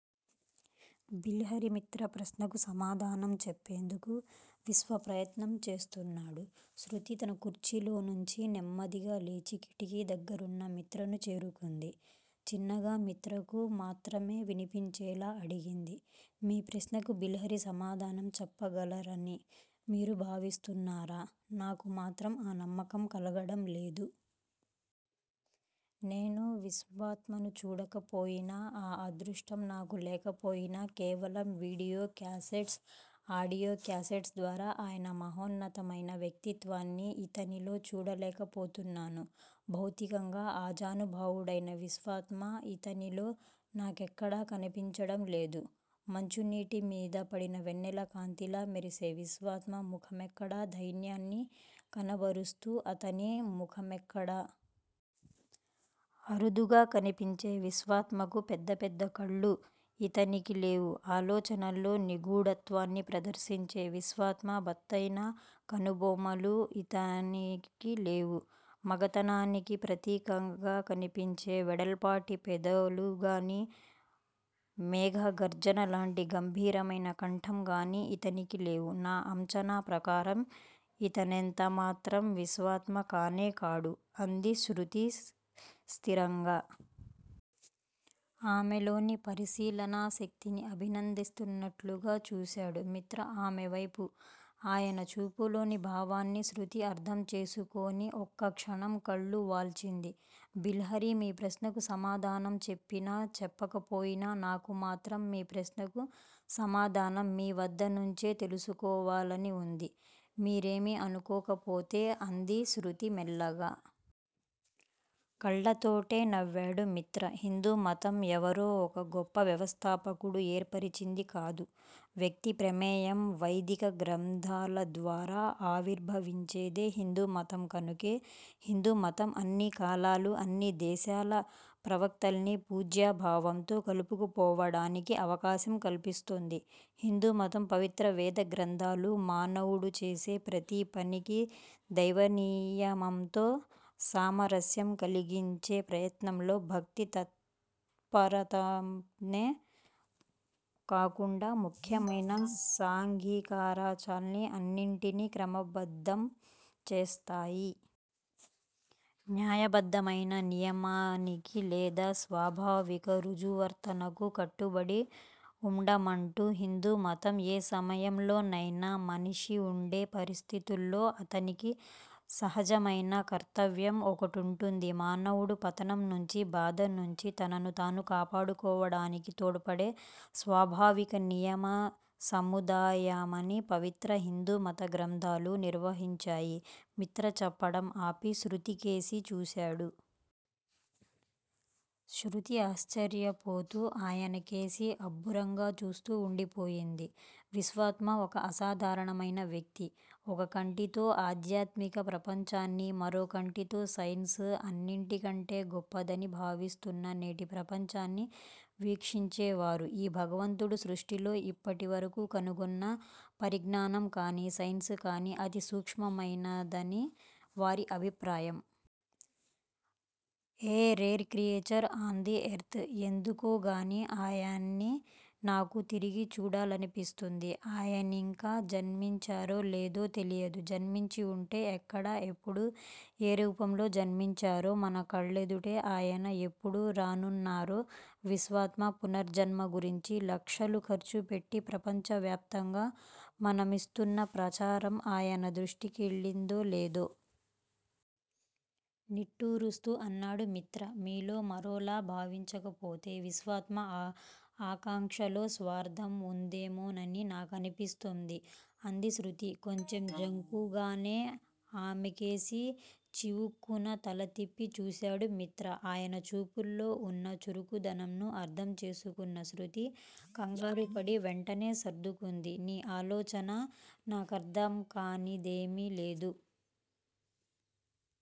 బిల్హరి మిత్ర ప్రశ్నకు సమాధానం చెప్పేందుకు విశ్వప్రయత్నం చేస్తున్నాడు. శృతి తన కుర్చీలోంచి నెమ్మదిగా లేచి కిటికి దగ్గరున్న మిత్రను చేరుకుంది. చిన్నగా మిత్రకు మాత్రమే వినిపించేలా అడిగింది. మీ ప్రశ్నకి బిల్హరి సమాధానం చెప్పగలరని మీరు భావిస్తున్నారా? నాకు మాత్రం ఆ నమ్మకం కలగడం లేదు. నేను విశ్వాత్మని చూడకపోయినా, ఆ అదృష్టం నాకు లేకపోయినా కేవలం వీడియో క్యాసెట్స్, ఆడియో కేసెట్స్ ద్వారా ఆయన మహోన్నతమైన వ్యక్తిత్వాన్ని ఇతనిలో చూడలేకపోతున్నాను. భౌతికంగా ఆజానుభావుడైన విశ్వాత్మ ఇతనిలో నాకెక్కడా కనిపించడం లేదు. మంచునీటిమీద పడిన వెన్నెలకాంతిలా మెరిసే విశ్వాత్మ ముఖమెక్కడ, దైన్యాన్ని కనబరుస్తున్న అతని ముఖమెక్కడ? అరుదుగా కనిపించే విశ్వాత్మకు పెద్ద పెద్ద కళ్ళు ఇతనికి లేవు. ఆలోచనల్లో నిగూఢత్వాన్ని ప్రదర్శించే విశ్వాత్మ ఒత్తయిన కనుబొమలు ఇతనికి లేవు. మగతనానికి ప్రతీకగా కనిపించే వెడల్పాటి పెదవులుగానీ, మేఘగర్జనలాంటి గంభీరమైన కంఠంగానీ ఇతనికి లేవు. నా అంచనా ప్రకారం ఇతనెంత మాత్రం విశ్వాత్మ కానేకాడు అంది శృతి స్థిరంగా. ఆమెలోని పరిశీలనాశక్తిని అభినందిస్తున్నట్లుగా చూశాడు మిత్ర ఆమెవైపు. ఆయన చూపులోని భావాన్ని శృతి అర్థం చేసుకొని ఒక్కక్షణం కళ్ళు వాల్చింది. బిల్హరి మీ ప్రశ్నకు సమాధానం చెప్పినా, చెప్పకపోయినా నాకు మాత్రం మీ ప్రశ్నకు సమాధానం మీ వద్దనుంచే తెలుసుకోవాలని వుంది. మీరేమీ అనుకోకపోతే అంది శృతి మెల్లగా. కళ్లతోటే నవ్వాడు మిత్ర. హిందూమతం ఎవరో ఒక గొప్ప వ్యవస్థాపకుడు ఏర్పరచింది కాదు. వ్యక్తి ప్రమేయం వైదిక గ్రంథాల ద్వారా ఆవిర్భవించిందే హిందూ మతం కనుకే హిందూమతం అన్ని కాలాల, అన్ని దేశాల ప్రవక్తల్ని పూజ్యభావంతో కలుపుకోవడానికి అవకాశం కల్పిస్తోంది. హిందూమత పవిత్ర వేదగ్రంథాలు, మానవుడు చేసే ప్రతి పనికీ దైవనియమంతో, సామరస్యం కలిగించే ప్రయత్నంలో భక్తితత్పరతనే కాకుండా ముఖ్యమైన సాంఘికాచారాల్ని అన్నింటినీ క్రమబద్ధం చేస్తాయి. న్యాయబద్ధమైన నియమానికి లేదా స్వాభావిక రుజువర్తనకు కట్టుబడి వుండమంటు హిందూమతం. ఏ సమయంలోనైనా మనిషి వుండే పరిస్థితుల్లో అతనికి సహజమైన కర్తవ్యం ఒకటుంటుంది, మానవుడు పతనం నుంచి, బాధ నుంచి తనను తాను కాపాడుకోవడానికి తోడ్పడే స్వాభావిక నియమ సముదాయమని పవిత్ర హిందూమత గ్రంథాలు నిర్వహించాయి మిత్ర చెప్పడం ఆపి శృతి కేసి చూశాడు. శృతి ఆశ్చర్యపోతూ ఆయనకేసే అబ్బురంగా చూస్తూ వుండిపోయింది. విశ్వాత్మ ఒక అసాధారణమైన వ్యక్తి. ఒక కంటితో ఆధ్యాత్మిక ప్రపంచాన్ని, మరో కంటితో సైన్సే అన్నిటికంటే గొప్పదని భావిస్తున్న నేటి ప్రపంచాన్ని వీక్షించేవారు. ఈ భగవంతుడు సృష్టిలో ఇప్పటివరకు కనుగొన్న పరిజ్ఞానం కానీ, సైన్స్ కానీ అతి సూక్ష్మమైనదని వారి అభిప్రాయం. A rare creature on this earth- ఎందుకోగానీ ఆయన్ని నాకు తిరిగి చూడాలనిపిస్తోంది. ఆయనింకా జన్మించారో లేదో తెలియదు. జన్మించి వుంటే ఎక్కడ ఎప్పుడు ఏ రూపంలో జన్మించారో? మన కళ్ళెదుటకు ఆయన ఎప్పుడు రానున్నారో? విశ్వాత్మ పునర్జన్మ గురించి లక్షలు ఖర్చుపెట్టి ప్రపంచవ్యాప్తంగా మనమిస్తున్న ప్రచారం ఆయన దృష్టి కెళ్ళిందో లేదో? నిట్టూరుస్తూ అన్నాడు మిత్ర. మీరు మరోలా భావించకపోతే- విశ్వాత్మ ఆకాంక్షలో స్వార్థం వుందేమోనని నాకనిపిస్తోంది అంది శృతి కొంచెం జంకుగానే. ఆమెకేసి చివుక్కున తల తిప్పి చూశాడు మిత్ర. ఆయన చూపుల్లో వున్న చురుకును అర్థం చేసుకున్న శృతి కంగారుపడి వెంటనే సర్దుకుంది. నీ ఆలోచన నాకర్థంకానిదేమి లేదు.